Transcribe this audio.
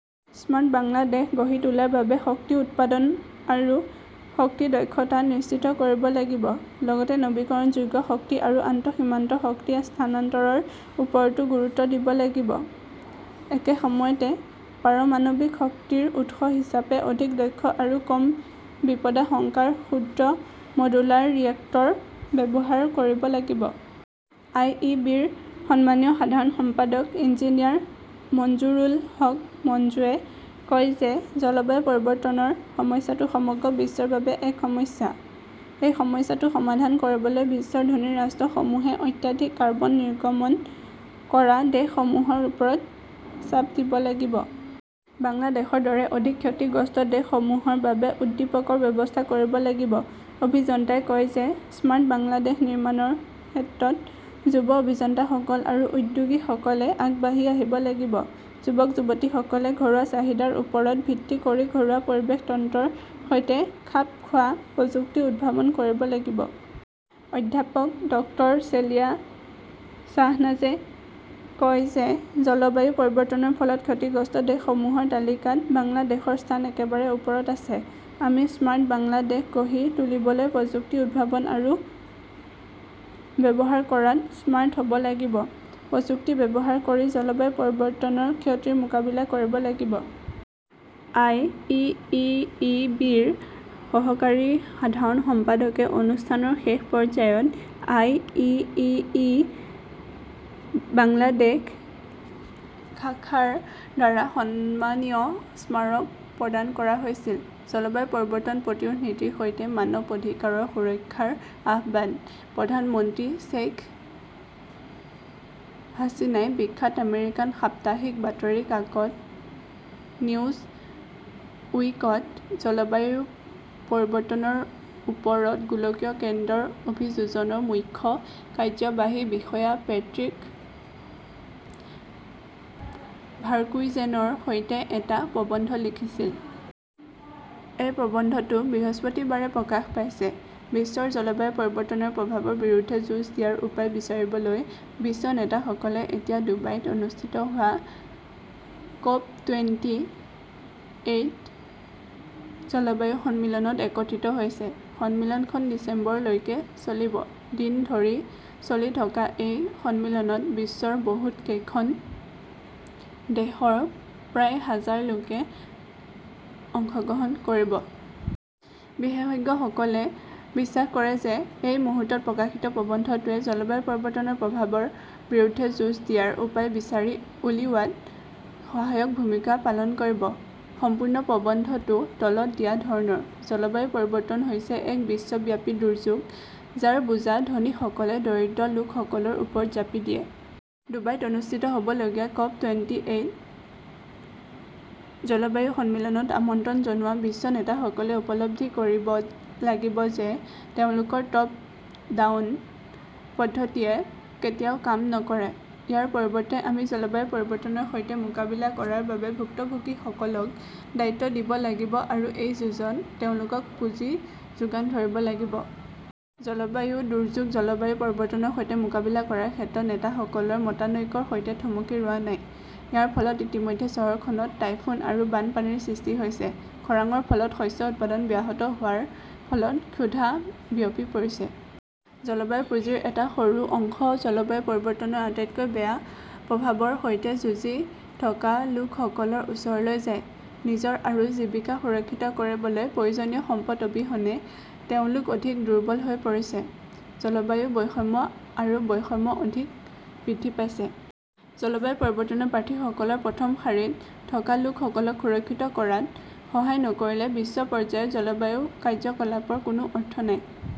Smart Bangladesh গঢ়ি তোলাৰ বাবে শক্তি উৎপাদন আৰু শক্তি দক্ষতা নিশ্চিত কৰিব লাগিব। লগতে নৱীকৰণযোগ্য শক্তি আৰু আন্তঃসীমান্ত শক্তি স্থানান্তৰৰ ওপৰতো গুৰুত্ব দিব লাগিব। একে সময়তে, পাৰমাণৱিক শক্তিৰ উৎস হিচাপে অধিক দক্ষ আৰু কম বিপদাশংকাৰ ক্ষুদ্ৰ মডুলাৰ ৰিয়েক্টৰ ব্যৱহাৰ কৰিব লাগিব। আই ই বিৰ সন্মানীয় সাধাৰণ সম্পাদক ইঞ্জিনিয়াৰ মঞ্জুৰুল হক মঞ্জুৱে কয় যে, জলবায়ু পৰিৱৰ্তনৰ সমস্যাটো সমগ্ৰ বিশ্বৰ বাবে এক সমস্যা। এই সমস্যাটো সমাধান কৰিবলৈ বিশ্বৰ ধনী ৰাষ্ট্ৰসমূহে অত্যাধিক কাৰ্বন নিৰ্গমন কৰা দেশ সমূহৰ ওপৰত চাপ দিব লাগিব। বাংলাদেশৰ দৰে অধিক ক্ষতিগ্ৰস্ত দেশসমূহৰ বাবে উদ্দীপকৰ ব্যৱস্থা কৰিব লাগিব। অভিযন্তাই কয় যে, স্মাৰ্ট বাংলাদেশ নিৰ্মাণৰ ক্ষেত্ৰত যুৱ অভিযন্তাসকল আৰু উদ্যোগীসকলে আগবাঢ়ি আহিব লাগিব। যুৱক-যুৱতীসকলে ঘৰুৱা চাহিদাৰ ওপৰত ভিত্তি কৰি ঘৰুৱা পৰিৱেশ তন্ত্ৰৰ সৈতে খাপ খোৱা প্ৰযুক্তি উদ্ভাৱন কৰিব লাগিব। অধ্যাপক ডক্টৰ চেলিয়া শ্বাহনাজে কয় যে, জলবায়ু পৰিৱৰ্তনৰ ফলত ক্ষতিগ্ৰস্ত দেশসমূহৰ তালিকাত বাংলাদেশৰ স্থান একেবাৰে ওপৰত আছে। আমি স্মাৰ্ট বাংলাদেশ গঢ়ি তুলিবলৈ প্ৰযুক্তি উদ্ভাৱন আৰু ব্যৱহাৰ কৰাত স্মাৰ্ট হ'ব লাগিব। প্ৰযুক্তি ব্যৱহাৰ কৰি জলবায়ু পৰিৱৰ্তনৰ ক্ষতিৰ মোকাবিলা কৰিব লাগিব। আই ই ই ই বিৰ সহকাৰী সাধাৰণ সম্পাদকে অনুষ্ঠানৰ শেষ পৰ্যায়ত আই ই ই ই বাংলাদেশ শাখাৰ দ্বাৰা সন্মানীয় স্মাৰক প্ৰদান কৰা হৈছিল। "জলবায়ু পৰিৱৰ্তন প্ৰতিৰোধ নীতিৰ সৈতে মানৱ অধিকাৰৰ সুৰক্ষাৰ আহ্বান" প্ৰধানমন্ত্ৰী শ্বেইখ হাছিনাই বিখ্যাত আমেৰিকান সাপ্তাহিক বাতৰি কাকত নিউজ উইকত জলবায়ু পৰিৱৰ্তনৰ ওপৰত গোলকীয় কেন্দ্ৰৰ অভিযোজনৰ মুখ্য কাৰ্যবাহী বিষয়া পেট্ৰিক ভাৰ্কুইজেনৰ সৈতে এটা প্ৰবন্ধ লিখিছিল। এই প্ৰবন্ধটো বৃহস্পতিবাৰে প্ৰকাশ পাইছে। বিশ্বৰ জলবায়ু পৰিৱৰ্তনৰ প্ৰভাৱৰ বিৰুদ্ধে যুঁজ দিয়াৰ উপায় বিচাৰিবলৈ বিশ্ব নেতাসকলে এতিয়া ডুবাইত অনুষ্ঠিত হোৱা ক'প টুৱেন্টি এইট জলবায়ু সন্মিলনত একত্ৰিত হৈছে। সন্মিলনখন ডিচেম্বৰলৈকে চলিব। দিন ধৰি চলি থকা এই সন্মিলনত বিশ্বৰ বহুতকেইখন দেশৰ প্ৰায় হাজাৰ লোকে অংশগ্ৰহণ কৰিব। বিশেষজ্ঞসকলে বিশ্বাস কৰে যে, এই মুহূৰ্তত প্ৰকাশিত প্ৰবন্ধটোৱে জলবায়ু পৰিৱৰ্তনৰ প্ৰভাৱৰ বিৰুদ্ধে যুঁজ দিয়াৰ উপায় বিচাৰি উলিওৱাত সহায়ক ভূমিকা পালন কৰিব। সম্পূৰ্ণ প্ৰবন্ধটো তলত দিয়া ধৰণৰ: জলবায়ু পৰিৱৰ্তন হৈছে এক বিশ্বব্যাপী দুৰ্যোগ, যাৰ বোজা ধনীসকলে দৰিদ্ৰ লোকসকলৰ ওপৰত জাপি দিয়ে। ডুবাইত অনুষ্ঠিত হ'বলগীয়া ক'প টুৱেন্টি এইট জলবায়ু সন্মিলনত আমন্ত্ৰণ জনোৱা বিশ্ব নেতাসকলে উপলব্ধি কৰিব লাগিব যে, তেওঁলোকৰ টপ-ডাউন পদ্ধতিয়ে কেতিয়াও কাম নকৰে। ইয়াৰ পৰিৱৰ্তে আমি জলবায়ু পৰিৱৰ্তনৰ সৈতে মোকাবিলা কৰাৰ বাবে ভুক্তভোগীসকলক দায়িত্ব দিব লাগিব আৰু এই যুঁজত তেওঁলোকক পুঁজি যোগান ধৰিব লাগিব। জলবায়ু দুৰ্যোগ জলবায়ু পৰিৱৰ্তনৰ সৈতে মোকাবিলা কৰাৰ ক্ষেত্ৰত নেতাসকলৰ মতানৈক্যৰ সৈতে থমকি ৰোৱা নাই। ইয়াৰ ফলত ইতিমধ্যে চহৰখনত টাইফুন আৰু বানপানীৰ সৃষ্টি হৈছে। খৰাঙৰ ফলত শস্য উৎপাদন ব্যাহত হোৱাৰ ফলত ক্ষুধা বিয়পি পৰিছে। জলবায়ু পুঁজিৰ এটা সৰু অংশ জলবায়ু পৰিৱৰ্তনৰ আটাইতকৈ বেয়া প্ৰভাৱৰ সৈতে যুঁজি থকা লোকসকলৰ ওচৰলৈ যায়। নিজৰ আৰু জীৱিকা সুৰক্ষিত কৰিবলৈ প্ৰয়োজনীয় সম্পদ অবিহনে তেওঁলোক অধিক দুৰ্বল হৈ পৰিছে। জলবায়ু বৈষম্য আৰু বৈষম্য অধিক বৃদ্ধি পাইছে। জলবায়ু পৰিৱৰ্তনৰ প্ৰাৰ্থীসকলৰ প্ৰথম শাৰীত থকা লোকসকলক সুৰক্ষিত কৰাত সহায় নকৰিলে বিশ্ব পৰ্যায়ত জলবায়ু কাৰ্যকলাপৰ কোনো অৰ্থ নাই।